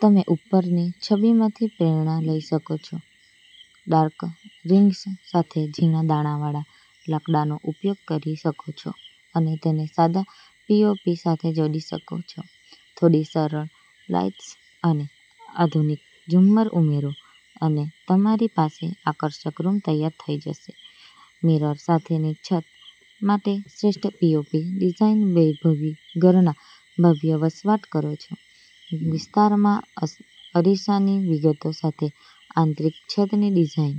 તમે ઉપરની છબીમાંથી પ્રેરણા લઈ શકો છો, ડાર્ક રિંગ્સ સાથે ઝીણા દાણાવાળા લાકડાનો ઉપયોગ કરી શકો છો અને તેને સાદા પીઓપી સાથે જોડી શકો છો. થોડી સરળ લાઇટ્સ અને આધુનિક ઝુમ્મર ઉમેરો, અને તમારી પાસે આકર્ષક રૂમ તૈયાર થઈ જશે મિરર સાથેની છત માટે શ્રેષ્ઠ પીઓપી ડિઝાઇન વૈભવી ઘરના ભવ્ય વસવાટ કરો છો વિસ્તારમાં અરીસાની વિગતો સાથે આંતરિક છતની ડિઝાઇન.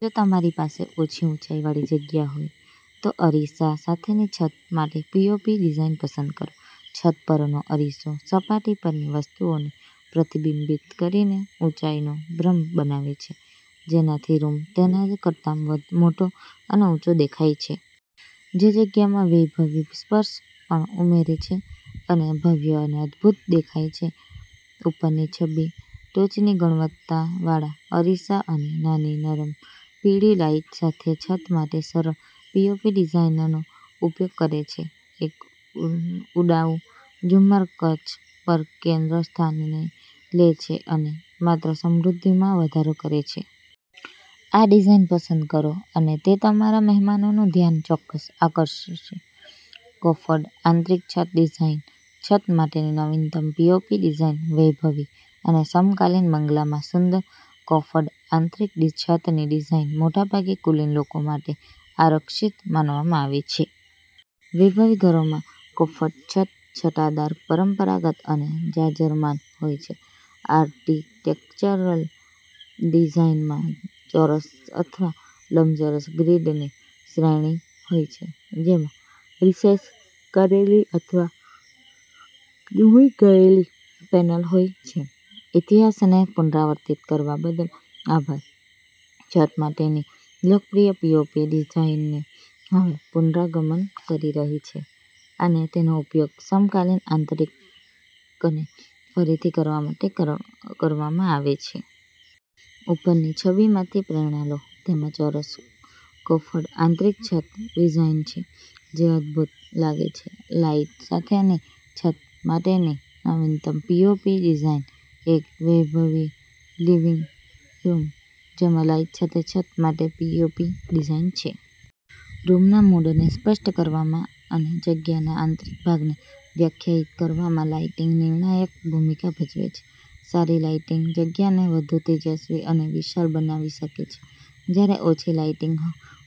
જો તમારી પાસે ઓછી ઊંચાઈવાળી જગ્યા હોય, તો અરીસા સાથેની છત માટે પીઓપી ડિઝાઇન પસંદ કરો. છત પરનો અરીસો સપાટી પરની વસ્તુઓને પ્રતિબિંબિત કરીને ઊંચાઈનો ભ્રમ બનાવે છે, જેનાથી રૂમ તેના કરતા મોટો અને ઊંચો દેખાય છે. તે જગ્યામાં વૈભવી સ્પર્શ પણ ઉમેરે છે અને ભવ્ય અને અદભૂત દેખાય છે. ઉપરની છબી ટોચની ગુણવત્તાવાળા અરીસા અને નાની, નરમ પીળી લાઇટ સાથે છત માટે સરળ પીઓપી ડિઝાઇનનો ઉપયોગ કરે છે. એક ઉડાઉ ઝુમ્મર કાચ પર કેન્દ્રસ્થાને લે છે અને માત્ર સમૃદ્ધિમાં વધારો કરે છે. આ ડિઝાઇન પસંદ કરો અને તે તમારા મહેમાનોનું ધ્યાન ચોક્કસ આકર્ષશે. કોફર્ડ આંતરિક છત ડિઝાઇન, છત માટેની નવીનતમ પીઓપી ડિઝાઇન વૈભવી અને સમકાલીન બંગલામાં સુંદર કોફર્ડ આંતરિક છતની ડિઝાઇન મોટાભાગે કુલીન લોકો માટે આરક્ષિત માનવામાં આવે છે. વૈભવી ઘરોમાં કોફર્ડ છત છટાદાર, પરંપરાગત અને જાજરમાન હોય છે. આર્કિટેક્ચરલ ડિઝાઇનમાં ચોરસ અથવા લંબચોરસ ગ્રીડની શ્રેણી હોય છે, જેમાં રિસેસ કરેલી અથવા ડૂબી ગયેલી પેનલ હોય છે. ઇતિહાસને પુનરાવર્તિત કરવા બદલ આભાર, છત માટેની લોકપ્રિય પીઓપી ડિઝાઇન હવે પુનરાગમન કરી રહી છે અને તેનો ઉપયોગ સમકાલીન આંતરિકને ફરીથી કરવા માટે કરવામાં આવે છે. ઉપરની છબીમાંથી પ્રેરણા લો. તેમાં ચોરસ કોફર્ડ આંતરિક છત ડિઝાઇન છે, જે અદભૂત લાગે છે. લાઇટ સાથેની છત માટેની નવીનતમ પીઓપી ડિઝાઇન એક વૈભવી લિવિંગ રૂમ જેમાં લાઇટ સાથે છત માટે પીઓપી ડિઝાઇન છે. રૂમના મૂડને સ્પષ્ટ કરવામાં અને જગ્યાના આંતરિક ભાગને વ્યાખ્યાયિત કરવામાં લાઇટિંગ નિર્ણાયક ભૂમિકા ભજવે છે. સારી લાઇટિંગ જગ્યાને વધુ તેજસ્વી અને વિશાળ બનાવી શકે છે, જ્યારે ઓછી લાઇટિંગ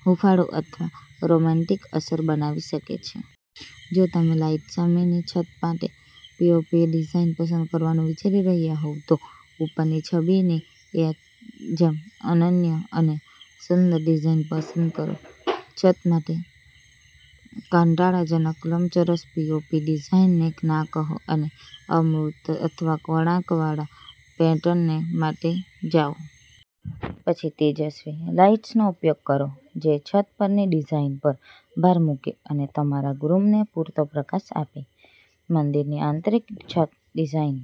હૂંફાળું અથવા રોમેન્ટિક અસર બનાવી શકે છે. જો તમે લાઇટ સાથેની છત માટે પીઓપી ડિઝાઇન પસંદ કરવાનું વિચારી રહ્યા હોવ, તો ઉપરની છબીની જેમ અનન્ય અને સુંદર ડિઝાઇન પસંદ કરો. છત માટે કંટાળાજનક લંબચોરસ પીઓપી ડિઝાઇનને ના કહો અને અમૂર્ત અથવા વળાંકવાળા પેટર્ન માટે જાઓ. પછી તેજસ્વી લાઇટ્સનો ઉપયોગ કરો જે છત પરની ડિઝાઇન પર ભાર મૂકે અને તમારા રૂમને પૂરતો પ્રકાશ આપે. મંદિરની આંતરિક છત ડિઝાઇન